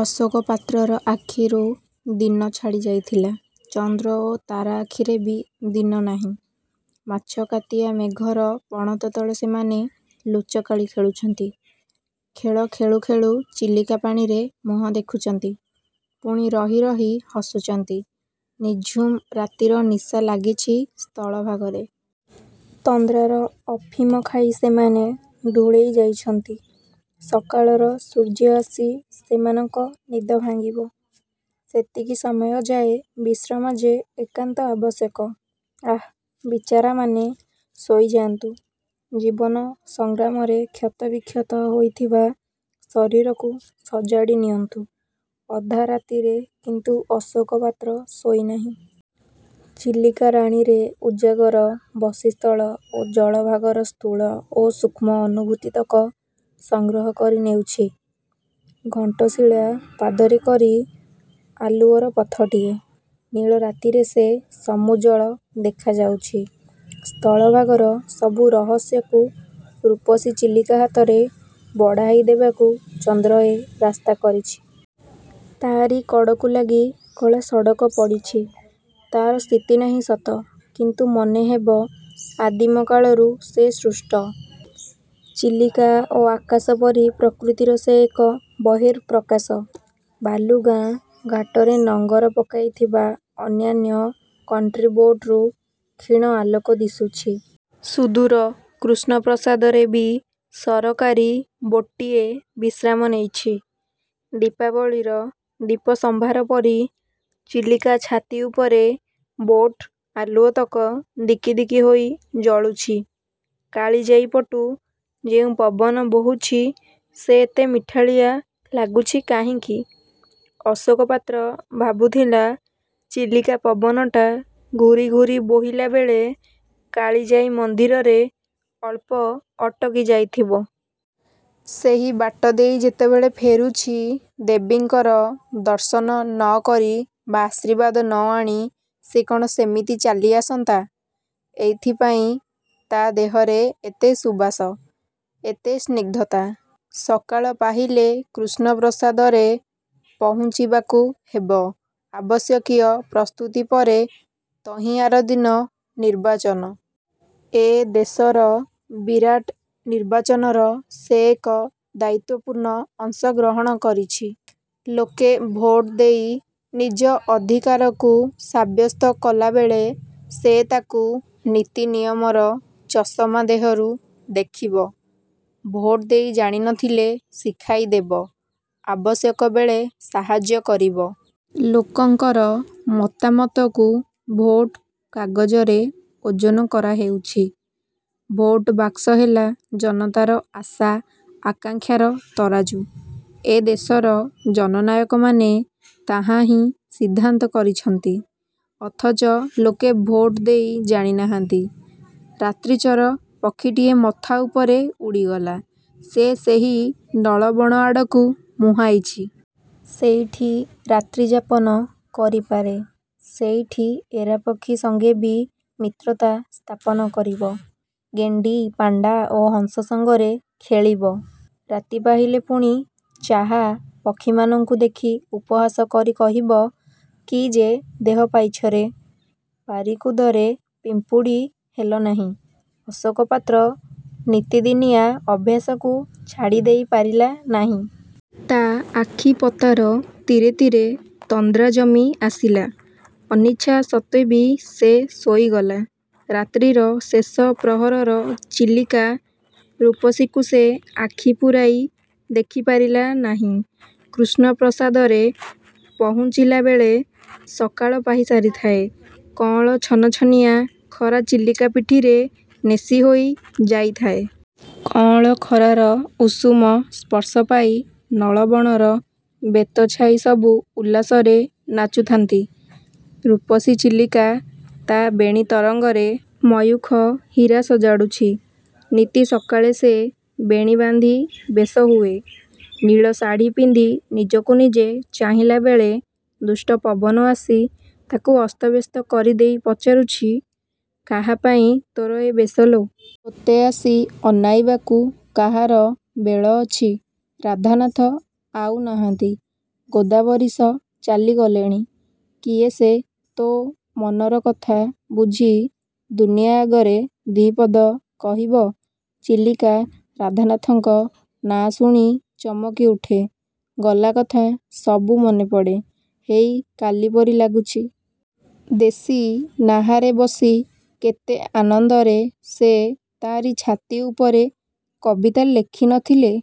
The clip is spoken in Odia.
ଅଶୋକ ପାତ୍ରର ଆଖିରୁ ଦିନ ଛାଡ଼ି ଯାଇଥିଲା। ଚନ୍ଦ୍ର ଓ ତାରା ଆଖିରେ ବି ଦିନ ନାହିଁ। ମାଛକାତିଆ ମେଘର ପଣତ ତଳେ ସେମାନେ ଲୁଚକାଳି ଖେଳୁଛନ୍ତି। ଖେଳ ଖେଳୁ ଖେଳୁ ଚିଲିକା ପାଣିରେ ମୁହଁ ଦେଖୁଛନ୍ତି। ପୁଣି ରହି, ରହି ହସୁଛନ୍ତି। ନିଝୁମ୍ ରାତିର ନିଶା ଲାଗିଛି ସ୍ଥଳ ଭାଗରେ। ତନ୍ଦ୍ରାର ଅଫିମ ଖାଇ ସେମାନେ ଢୁଳେଇ ଯାଇଛନ୍ତି। ସକାଳର ସୂର୍ଯ୍ୟ ଆସି ସେମାନଙ୍କ ନିଦ ଭାଙ୍ଗିବ। ସେତିକି ସମୟଯାଏ ବିଶ୍ରାମ ଯେ ଏକାନ୍ତ ଆବଶ୍ୟକ! ଆଃ, ବିଚାରାମାନେ ଶୋଇଯାନ୍ତୁ! ଜୀବନ ସଂଗ୍ରାମରେ କ୍ଷତ ବିକ୍ଷତ ହୋଇଥିବା ଶରୀରକୁ ସଜାଡ଼ି ନିଅନ୍ତୁ!! ଅଧାରାତିରେ କିନ୍ତୁ ଅଶୋକ ପାତ୍ର ଶୋଇନାହିଁ। ଚିଲିକା ରାଣୀରେ ଉଜାଗର ବସି ସ୍ଥଳ ଓ ଜଳ ଭାଗର ସ୍ଥୂଳ ଓ ସୂକ୍ଷ୍ମ ଅନୁଭୂତିତକ ସଂଗ୍ରହ କରି ନେଉଛି। ଘଣ୍ଟଶୀଳା ପାଦରେକରି ଆଲୁଅର ପଥଟିଏ। ନୀଳ ରାତିରେ ସେ ସମୁଜ୍ଜ୍ୱଳ ଦେଖା ଯାଉଛି। ସ୍ଥଳ ଭାଗର ସବୁ ରହସ୍ୟକୁ ରୂପସୀ ଚିଲିକା ହାତରେ ବଢ଼ାଇ ଦେବାକୁ ଚନ୍ଦ୍ର ଏ ରାସ୍ତା କରିଛି। ତା'ରି କଡ଼କୁ ଲାଗି କଳା–ସଡ଼କ ପଡ଼ିଛି। ତାର ସ୍ଥିତି ନାହି ସତ କିନ୍ତୁ ମନେ ହେବ, ଆଦିମ କାଳରୁ ସେ ସୃଷ୍ଟ। ଚିଲିକା ଓ ଆକାଶ ପରି ପ୍ରକୃତିର ସେ ଏକ ବର୍ହିଃ ପ୍ରକାଶ। ବାଲୁଗାଁ ଘାଟରେ ନଙ୍ଗର ପକାଇଥିବା ଅନ୍ୟାନ୍ୟ 'କଣ୍ଟ୍ରିବୋଟ'ରୁ କ୍ଷୀଣ ଆଲୋକ ଦିଶୁଛି। ସୁଦୂର କୃଷ୍ଣପ୍ରସାଦରେ ବି ସରକାରୀ ବୋଟ୍ଟିଏ ବିଶ୍ରାମ ନେଇଛି। ଦୀପାବଳୀର ଦୀପ ସମ୍ଭାର ପରି ଚିଲିକା ଛାତି ଉପରେ ବୋଟ୍ ଆଲୁଅତକ ଦିକି, ଦିକି ହୋଇ ଜଳୁଛି। 'କାଳିଜାଈ' ପଟୁ ଯେଉଁ ପବନ ବୋହୁଛି ସେ ଏତେ ମିଠାଳିଆ ଲାଗୁଛି କାହିଁକି? ଅଶୋକ ପାତ୍ର ଭାବୁଥିଲା, ଚିଲିକା ପବନଟା ଘୂରି, ଘୂରି ବୋହିଲାବେଳେ କାଳିଜାଈ ମନ୍ଦିରରେ ଅଳ୍ପ ଅଟକି ଯାଇଥିବ। ସେହି ବାଟ ଦେଇ ଯେତେବେଳେ ଫେରୁଛି, ଦେବୀଙ୍କର ଦର୍ଶନ ନ କରି ବା ଆଶୀର୍ବାଦ ନ ଆଣି ସେ କଣ ସେମିତି ଚାଲି ଆସନ୍ତା? ଏଇଥିପାଇଁ ତା' ଦେହରେ ଏତେ ସୁବାସ, ଏତେ ସ୍ନିଗ୍ଧତା। ସକାଳ ପାହିଲେ କୃଷ୍ଣପ୍ରସାଦରେ ପହୁଞ୍ଚିବାକୁ ହେବ। ଆବଶ୍ୟକୀୟ ପ୍ରସ୍ତୁତି ପରେ ତହିଁଆରଦିନ ନିର୍ବାଚନ। ଏ ଦେଶର ବିରାଟ ନିର୍ବାଚନର ସେ ଏକ ଦାୟିତ୍ୱପୂର୍ଣ୍ଣ ଅଂଶ ଗ୍ରହଣ କରିଛି। ଲୋକେ ଭୋଟ ଦେଇ ନିଜ ଅଧିକାରକୁ ସାବ୍ୟସ୍ତ କଲାବେଳେ, ସେ ତାକୁ ନୀତିନିୟମର ଚଷମା ଦେହରୁ ଦେଖିବ। ଭୋଟ ଦେଇ ଜାଣି ନଥିଲେ ଶିଖାଇ ଦେବ। ଆବଶ୍ୟକ ବେଳେ, ସାହାଯ୍ୟ କରିବ। ଲୋକଙ୍କର ମତାମତକୁ ଭୋଟ କାଗଜରେ ଓଜନ କରାହେଉଛି। ଭୋଟ ବାକ୍ସ ହେଲା ଜନତାର ଆଶା, ଆକାଂକ୍ଷାର ତରାଜୁ। ଏ ଦେଶର ଜନନାୟକମାନେ ତାହାହିଁ ସିଦ୍ଧାନ୍ତ କରିଛନ୍ତି। ଅଥଚ ଲୋକେ ଭୋଟ ଦେଇ ଜାଣିନାହାନ୍ତି!!! ରାତ୍ରିଚର ପକ୍ଷୀଟିଏ ମଥା ଉପରେ ଉଡ଼ିଗଲା। ସେ ସେହି ନଳବଣ ଆଡ଼କୁ ମୁହାଁଇଛି-। ସେଇଠି ରାତ୍ରିଯାପନ କରିପାରେ। ସେଇଠି ଏରାପକ୍ଷୀ ସଙ୍ଗେ ବି ମିତ୍ରତା ସ୍ଥାପନ କରିବ-। ଗେଣ୍ଡି, ପାଣ୍ଡା ଓ ହଂସ ସଙ୍ଗରେ ଖେଳିବ। ରାତି ପାହିଲେ ପୁଣି 'ଚାହା' ପକ୍ଷୀମାନଙ୍କୁ ଦେଖି ଉପହାସ କରି କହିବ, 'କି ଯେ ଦେହ ପାଇଛରେ! ପାରିକୁଦରେ ପିମ୍ପୁଡ଼ି ହେଲନାହିଁ? ' ଅଶୋକ ପାତ୍ର ନିତିଦିନିଆ ଅଭ୍ୟାସକୁ ଛାଡ଼ିଦେଇ ପାରିଲା ନାହିଁ। ତା ଆଖି ପତାର ତୀରେ, ତୀରେ ତନ୍ଦ୍ରା ଜମି ଆସିଲା। ଅନିଚ୍ଛା ସତ୍ତ୍ୱେବି ସେ ଶୋଇଗଲା। ରାତ୍ରିର ଶେଷ ପ୍ରହରର ଚିଲିକା ରୂପସୀକୁ ସେ ଆଖି ପୂରାଇ ଦେଖିପାରିଲା ନାହିଁ। କୃଷ୍ଣପ୍ରସାଦରେ ପହୁଞ୍ଚିଲାବେଳେ ସକାଳ ପାହି ସାରିଥାଏ। କଅଁଳ ଛନଛନିଆ ଖରା ଚିଲିକା ପିଠିରେ ନେସିହୋଇ ଯାଇଥାଏ। କଅଁଳ ଖରାର ଉଷୁମ ସ୍ପର୍ଶ ପାଇ ନଳବଣର ବେତଛାଇ ସବୁ ଉଲ୍ଲାସରେ ନାଚୁଥାନ୍ତି। ରୂପସୀ ଚିଲିକା ତା' ବେଣୀ-ତରଙ୍ଗରେ ମୟୂଖ ହୀରା ସଜାଡ଼ୁଛି। ନିତି ସକାଳେ ସେ ବେଣୀ ବାନ୍ଧି ବେଶ ହୁଏ। ନୀଳ-ଶାଢ଼ି ପିନ୍ଧି ନିଜକୁ ନିଜେ ଚାହିଁଲାବେଳେ, ଦୁଷ୍ଟ ପବନ ଆସି ତାକୁ ଅସ୍ତବ୍ୟସ୍ତ କରିଦେଇ ପଚାରୁଛି, 'କାହାପାଇଁ ତୋର ଏ ବେଶ ଲୋ? ତୋତେ ଆସି ଅନାଇବାକୁ କାହାର ବେଳ ଅଛି? ରାଧାନାଥ ଆଉ ନାହାନ୍ତି। ଗୋଦାବରୀଶ ଚାଲିଗଲେଣି। କିଏ ସେ ତୋ' ମନର କଥା ବୁଝି ଦୁନିଆ ଆଗରେ ଦି'ପଦ କହିବ? ' ଚିଲିକା, ରାଧାନାଥଙ୍କ ନାଁ ଶୁଣି ଚମକି ଉଠେ। ଗଲା କଥା ସବୁ ମନେପଡ଼େ। ହେଇ, କାଲିପରି ଲାଗୁଛି। ଦେଶୀ ନାହାରେ ବସି କେତେ ଆନନ୍ଦରେ ସେ ତା'ରି ଛାତି ଉପରେ କବିତା ଲେଖି ନଥିଲେ?